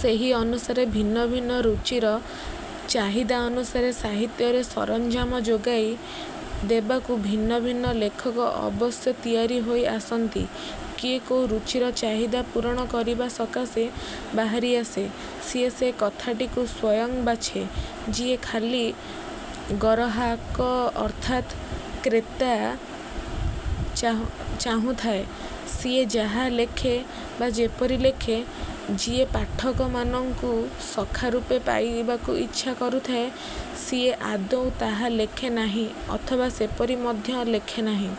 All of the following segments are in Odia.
ସେହି ଅନୁସାରେ ଭିନ୍ନ ଭିନ୍ନ ରୁଚିର ଚାହିଦା ଅନୁସାରେ ସାହିତ୍ୟରେ ସରଞ୍ଜାମ ଯୋଗାଇ ଦେବାକୁ ଭିନ୍ନ ଭିନ୍ନ ଲେଖକ ଅବଶ୍ୟ ତିଆରି ହୋଇ ଆସନ୍ତି। କିଏ କୋଉ ରୁଚିର ଚାହିଦା ପୂରଣ କରିବା ସକାଶେ ବାହାରିଆସେ ସିଏ ସେ କଥାଟିକୁ ସ୍ୱୟଂ ବାଛେ। ଯିଏ ଖାଲି ଗରହାକ ଅର୍ଥାତ୍ କ୍ରେତା ଚାହୁ ଚାହୁଁଥାଏ, ସିଏ ଯାହା ଲେଖେ ବା ଯେପରି ଲେଖେ, ଯିଏ ପାଠକମାନଙ୍କୁ ସଖା ରୂପେ ପାଇବାକୁ ଇଚ୍ଛା କରୁଥାଏ ସିଏ ଆଦୌ ତାହା ଲେଖେ ନାହିଁ ଅଥବା ସେପରି ମଧ୍ୟ ଲେଖେ ନାହିଁ।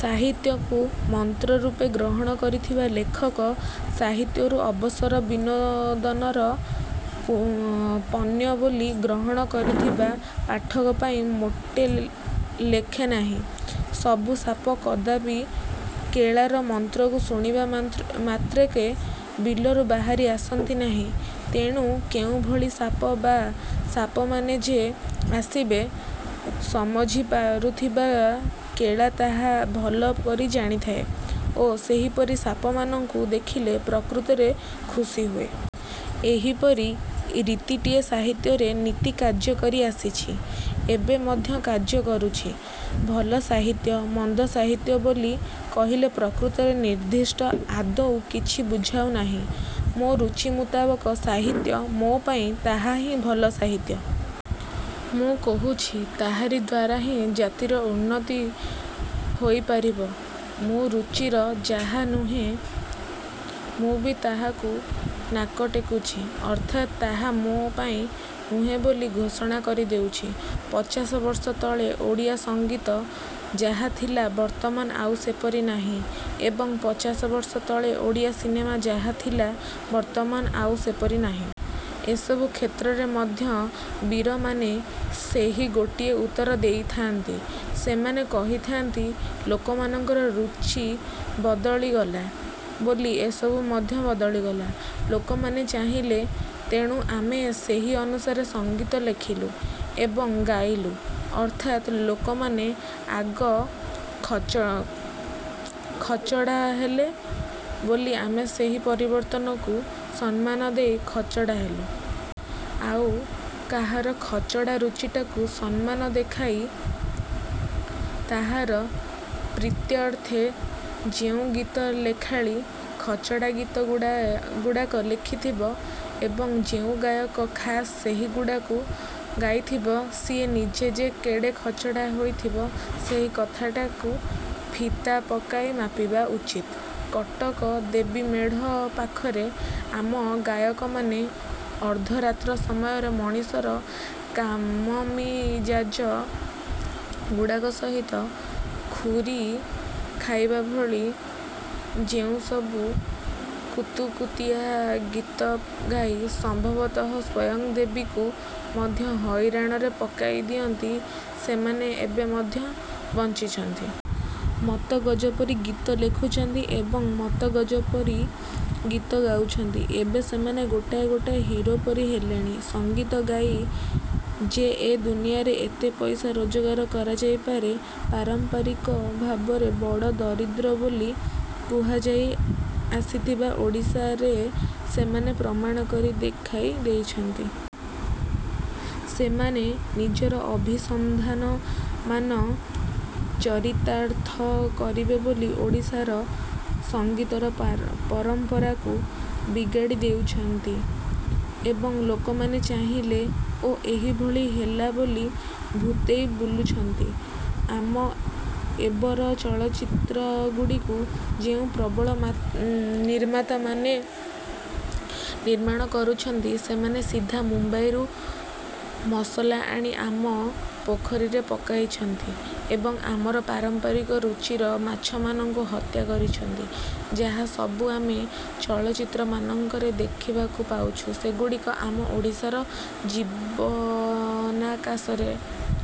ସାହିତ୍ୟକୁ ମନ୍ତ୍ରରୂପେ ଗ୍ରହଣ କରିଥିବା ଲେଖକ ସାହିତ୍ୟରୁ ଅବସର ବିନୋଦନର ପଣ୍ୟ ବୋଲି ଗ୍ରହଣ କରିଥିବା ପାଠକ ପାଇଁ ମୋଟେ ଲେଖେ ନାହିଁ। ସବୁ ସାପ କଦାପି କେଳାର ମନ୍ତ୍ରକୁ ଶୁଣିବା ମାତ୍ରକେ ବିଲରୁ ବାହାରି ଆସନ୍ତି ନାହିଁ। ତେଣୁ କେଉଁଭଳି ସାପ ବା ସାପମାନେ ଯେ ଆସିବେ, ସମଝି ପାରୁଥିବା କେଳା ତାହା ଭଲ କରି ଜାଣିଥାଏ ଓ ସେହିପରି ସାପମାନଙ୍କୁ ଦେଖିଲେ ପ୍ରକୃତରେ ଖୁସୀ ହୁଏ। ଏହିପରି ରୀତିଟିଏ ସାହିତ୍ୟରେ ନିତି କାର୍ଯ୍ୟ କରି ଆସିଛି ଏବେ ମଧ୍ୟ କାର୍ଯ୍ୟ କରୁଛି। ଭଲ ସାହିତ୍ୟ, ମନ୍ଦ ସାହିତ୍ୟ ବୋଲି କହିଲେ ପ୍ରକୃତରେ ନିର୍ଦ୍ଦିଷ୍ଟ ଆଦୌ କିଛି ବୁଝାଉ ନାହିଁ। ମୋ ରୁଚି ମୁତାବକ ସାହିତ୍ୟ ମୋ ପାଇଁ ତାହା ହିଁ ଭଲ ସାହିତ୍ୟ। ମୁଁ କହୁଛି ତାହାରି ଦ୍ୱାରା ହିଁ ଜାତିର ଉନ୍ନତି ହୋଇପାରିବ। ମୋ ରୁଚିର ଯାହା ନୁହେଁ, ମୁଁ ବି ତାହାକୁ ନାକ ଟେକୁଛି ଅର୍ଥାତ୍ ତାହା ମୋ ପାଇଁ ନୁହେଁ ବୋଲି ଘୋଷଣା କରିଦେଉଛି। ପଚାଶବର୍ଷ ତଳେ ଓଡ଼ିଆ ସଂଗୀତ ଯାହାଥିଲା ବର୍ତ୍ତମାନ ଆଉ ସେପରି ନାହିଁ ଏବଂ ପଚାଶବର୍ଷ ତଳେ ଓଡ଼ିଆ ସିନେମା ଯାହାଥିଲା ବର୍ତ୍ତମାନ ଆଉ ସେପରି ନାହିଁ। ଏସବୁ କ୍ଷେତ୍ରରେ ମଧ୍ୟ ବୀରମାନେ ସେହି ଗୋଟିଏ ଉତ୍ତର ଦେଇଥାନ୍ତି, ସେମାନେ କହିଥାନ୍ତି ଲୋକମାନଙ୍କର ରୁଚି ବଦଳିଗଲା ବୋଲି ଏସବୁ ମଧ୍ୟ ବଦଳିଗଲା। ଲୋକମାନେ ଚାହିଁଲେ, ତେଣୁ ଆମେ ସେହି ଅନୁସାରେ ସଂଗୀତ ଲେଖିଲୁ ଏବଂ ଗାଇଲୁ ଅର୍ଥାତ୍ ଲୋକମାନେ ଆଗ ଖଚ ଖଚଡ଼ା ହେଲେ ବୋଲି ଆମେ ସେହି ପରିବର୍ତ୍ତନକୁ ସମ୍ମାନ ଦେଇ ଖଚଡ଼ା ହେଲୁ। ଆଉ କାହାର ଖଚଡ଼ା ରୁଚିଟାକୁ ସମ୍ମାନ ଦେଖାଇ ତାହାର ପ୍ରୀତ୍ୟର୍ଥେ ଯେଉଁ ଗୀତଲେଖାଳି ଖଚଡ଼ା ଗୀତଗୁଡା ଗୁଡ଼ାକ ଲେଖିଥିବ ଏବଂ ଯେଉଁ ଗାୟକ ଖାସ୍ ସେହିଗୁଡ଼ିକୁ ଗାଇଥିବ, ସିଏ ନିଜେ ଯେ କେଡ଼େ ଖଚଡ଼ା ହୋଇଥିବ ସେହି କଥାଟାକୁ ଫିତା ପକାଇ ମାପିବା ଉଚିତ। କଟକ ଦେବୀମେଢ଼ ପାଖରେ ଆମ ଗାୟକମାନେ ଅର୍ଦ୍ଧରାତ୍ର ସମୟର ମଣିଷର କାମମିଜାଜ ଗୁଡ଼ାକ ସହିତ ଖୁରି ଖାଇବା ଭଳି ଯେଉଁସବୁ କୁତୁକୁତିଆ ଗୀତ ଗାଇ ସମ୍ଭବତଃ ସ୍ୱୟଂ ଦେବୀଙ୍କୁ ମଧ୍ୟ ହଇରାଣରେ ପକାଇ ଦିଅନ୍ତି ସେମାନେ ଏବେ ମଧ୍ୟ ବଞ୍ଚିଛନ୍ତି। ମତ୍ତଗଜ ପରି ଗୀତ ଲେଖୁଛନ୍ତି ଏବଂ ମତ୍ତଗଜ ପରି ଗୀତ ଗାଉଛନ୍ତି। ଏବେ ସେମାନେ ଗୋଟାଏ ଗୋଟାଏ ହିରୋ ପରି ହେଲେଣି। ସଂଗୀତ ଗାଇ ଯେ ଏ ଦୁନିଆରେ ଏତେ ପଇସା ରୋଜଗାର କରାଯାଇପାରେ, ପାରମ୍ପରିକ ଭାବରେ ବଡ଼ ଦରିଦ୍ର ବୋଲି କୁହାଯାଇ ଆସିଥିବା ଓଡ଼ିଶାରେ ସେମାନେ ପ୍ରମାଣ କରି ଦେଖାଇ ଦେଇଛନ୍ତି। ସେମାନେ ନିଜର ଅଭିସନ୍ଧାନ ମାନ ଚରିତାର୍ଥ କରିବେ ବୋଲି ଓଡ଼ିଶାର ସଙ୍ଗୀତର ପାର ପରମ୍ପରାକୁ ବିଗାଡ଼ି ଦେଇଛନ୍ତି। ଏବଂ ଲୋକମାନେ ଚାହିଁଲେ ଓ ଏହିଭଳି ହେଲା ବୋଲି ଭୂତେଇ ବୁଲୁଛନ୍ତି। ଆମ ଏବର ଚଳଚ୍ଚିତ୍ରଗୁଡ଼ିକୁ ଯେଉଁ ପ୍ରବଳ ନିର୍ମାତାମାନେ ନିର୍ମାଣ କରୁଛନ୍ତି, ସେମାନେ ସିଧା ମୁମ୍ବାଇରୁ ମସଲା ଆଣି ଆମ ପୋଖରୀରେ ପକାଇଛନ୍ତି ଏବଂ ଆମର ପାରମ୍ପାରିକ ରୁଚିର ମାଛମାନଙ୍କୁ ହତ୍ୟା କରିଛନ୍ତି। ଯାହାସବୁ ଆମେ ଚଳଚ୍ଚିତ୍ରମାନଙ୍କରେ ଦେଖିବାକୁ ପାଉଛୁ, ସେଗୁଡ଼ିକ ଆମ ଓଡ଼ିଶାର ଜୀବନାକାଶରେ